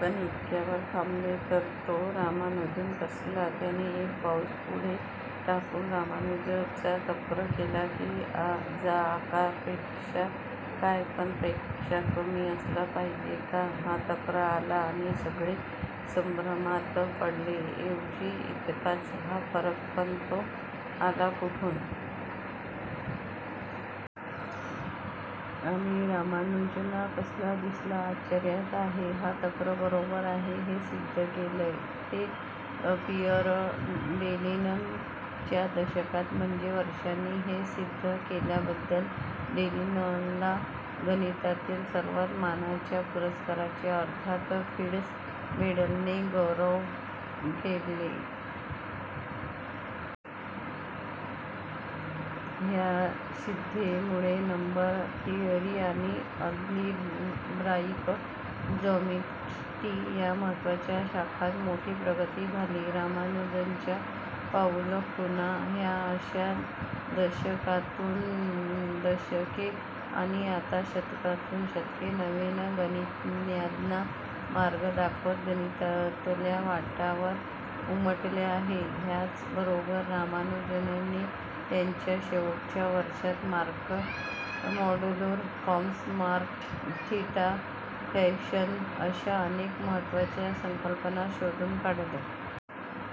पण इतक्यावर थांबेल तर तो रामानुजन कसला! त्याने एक पाऊल पुढे टाकून 'रामानुजनचा तर्क' केला, की चा आकार पेक्षाच काय, पण. पेक्षा कमी असला पाहिजे. हा तर्क आला, आणि सगळे संभ्रमात पडले. ऐवजी इतकाच हा फरक, पण तो आला कुठून?! आणि रामानुजनला कसा दिसला?! आश्चर्यच आहे. हा तर्क बरोबर आहे, हे सिद्ध केलं ते पिअरे डेलिननं च्या दशकात, म्हणजे वर्षांनी. हे सिद्ध केल्याबद्दल डेलिनला गणितातील सर्वात मानाच्या पुरस्काराने अर्थात 'फिल्ड्स मेडल'ने गौरवलं गेलं. ह्या सिद्धतेमुळे नंबर थिअरी आणि अल्जिब्राईक जॉमेट्री ह्या महत्त्वाच्या शाखांत मोठी प्रगती झाली. रामानुजनच्या पाऊलखुणा ह्या अश्या दशकानुदशके आणि आता शतकानुशतके नवीन गणितज्ञांना मार्ग दाखवत गणितातल्या वाटांवर उमटल्या आहेत. ह्याचबरोबर रामानुजनने त्याच्या शेवटच्या वर्षांत mock modular forms, mock theta functions अश्या अनेक महत्त्वाच्या संकल्पना शोधून काढल्या.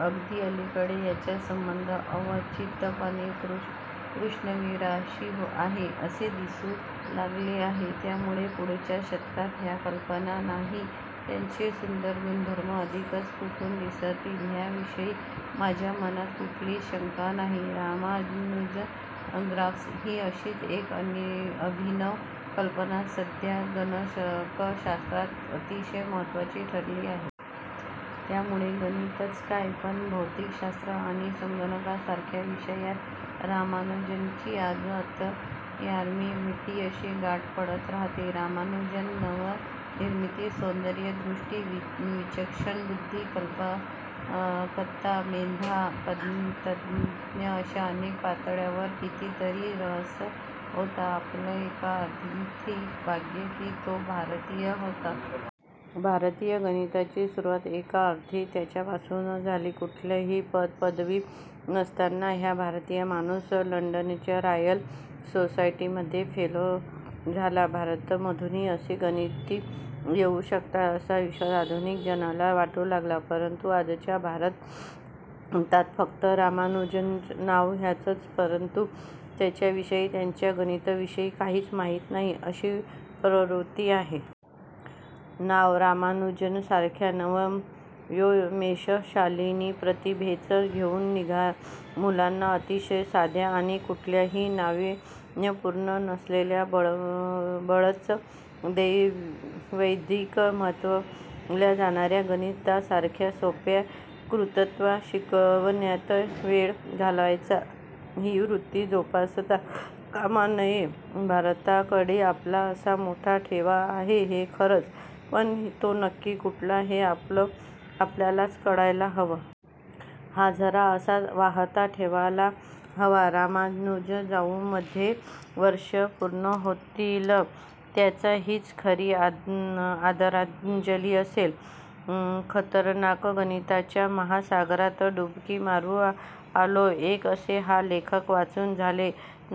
अगदी अलीकडे त्यांचा संबंध अवचितपणे कृष्णविवरांशी आहे असे दिसून आले आहे. त्यामुळे पुढच्या शतकात ह्या कल्पना आणि त्यांचे सुंदर गुणधर्म अधिकच उठून दिसतील, ह्याविषयी माझ्या मनात कुठलीच शंका नाही. रामानुजन ग्राफ्स ही अशीच एक अभिनव कल्पना सध्या संगणकशास्त्रात अतिशय महत्त्वाची ठरली आहे. त्यामुळे गणितच काय पण भौतिकशास्त्र आणि संगणकासारख्या विषयांत रामानुजनशी 'आज अंतर्यामी भेटे' अशी गाठ पडत राहते. रामानुजन नवनिर्मिती, सौंदर्यदृष्टी, विचक्षण बुद्धी, कल्पकता, मेधा, प्रज्ञा अश्या अनेक पातळ्यांवर कितीतरी सरस होता. आपलं एका अर्थी भाग्य की तो भारतीय होता. भारतीय गणिताची सुरवात एका अर्थी त्याच्यापासून झाली. कुठलीही पदवी नसताना हा भारतीय माणूस लंडनच्या रॉयल सोसायटीमध्ये फेलो झाला. भारतामधूनही असे गणिती येऊ शकतात, असा विश्वास आधुनिक जगाला वाटू लागला. परंतु आजच्या भारतात फक्त रामानुजनचं नाव घ्यायचं, परंतु त्याच्याविषयी, त्याच्या गणिताविषयी काहीच माहिती नाही, अशी प्रवृत्ती आहे. नाव रामानुजनसारख्या नवनवोन्मेषशालिनी प्रतिभेचं घेऊन मुलांना अतिशय साध्या आणि कुठल्याही नावीन्यपूर्ण नसलेल्या बळंच वैदिक म्हणवल्या जाणार्या गणितासारख्या सोप्या क्लृप्त्या शिकवण्यात वेळ घालवायचा, ही वृत्ती जोपासता कामा नये. भारताकडे आपला असा मोठा ठेवा आहे हे खरंच, पण तो नक्की कुठला, हे आपलं आपल्यालाच कळायला हवं. हा झरा असाच वाहता ठेवायला हवा. रामानुजन जाऊन मध्ये वर्षं पूर्ण होतील. त्याला हीच खरी आदरांजली असेल. _/\_खतरनाकगणिताच्या महासागरात डुबकी मारून आलो एक असे हा लेख वाचून झालेनतमस्तक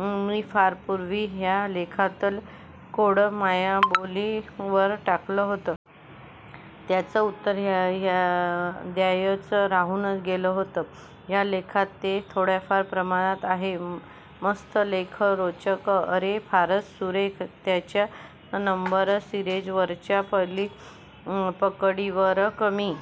_/\_मी फार पूर्वी ह्या लेखातलं कोडं मायबोलीवर टाकलं होतं. त्याचं उत्तर द्यायचं राहूनच गेलं होतं. ह्या लेखात ते थोड्याफार प्रमाणात आहे. मस्त लेख, रोचक! अरे फारच सुरेख. त्याच्या नंबर सिरिज वरच्या पकडीवर कमी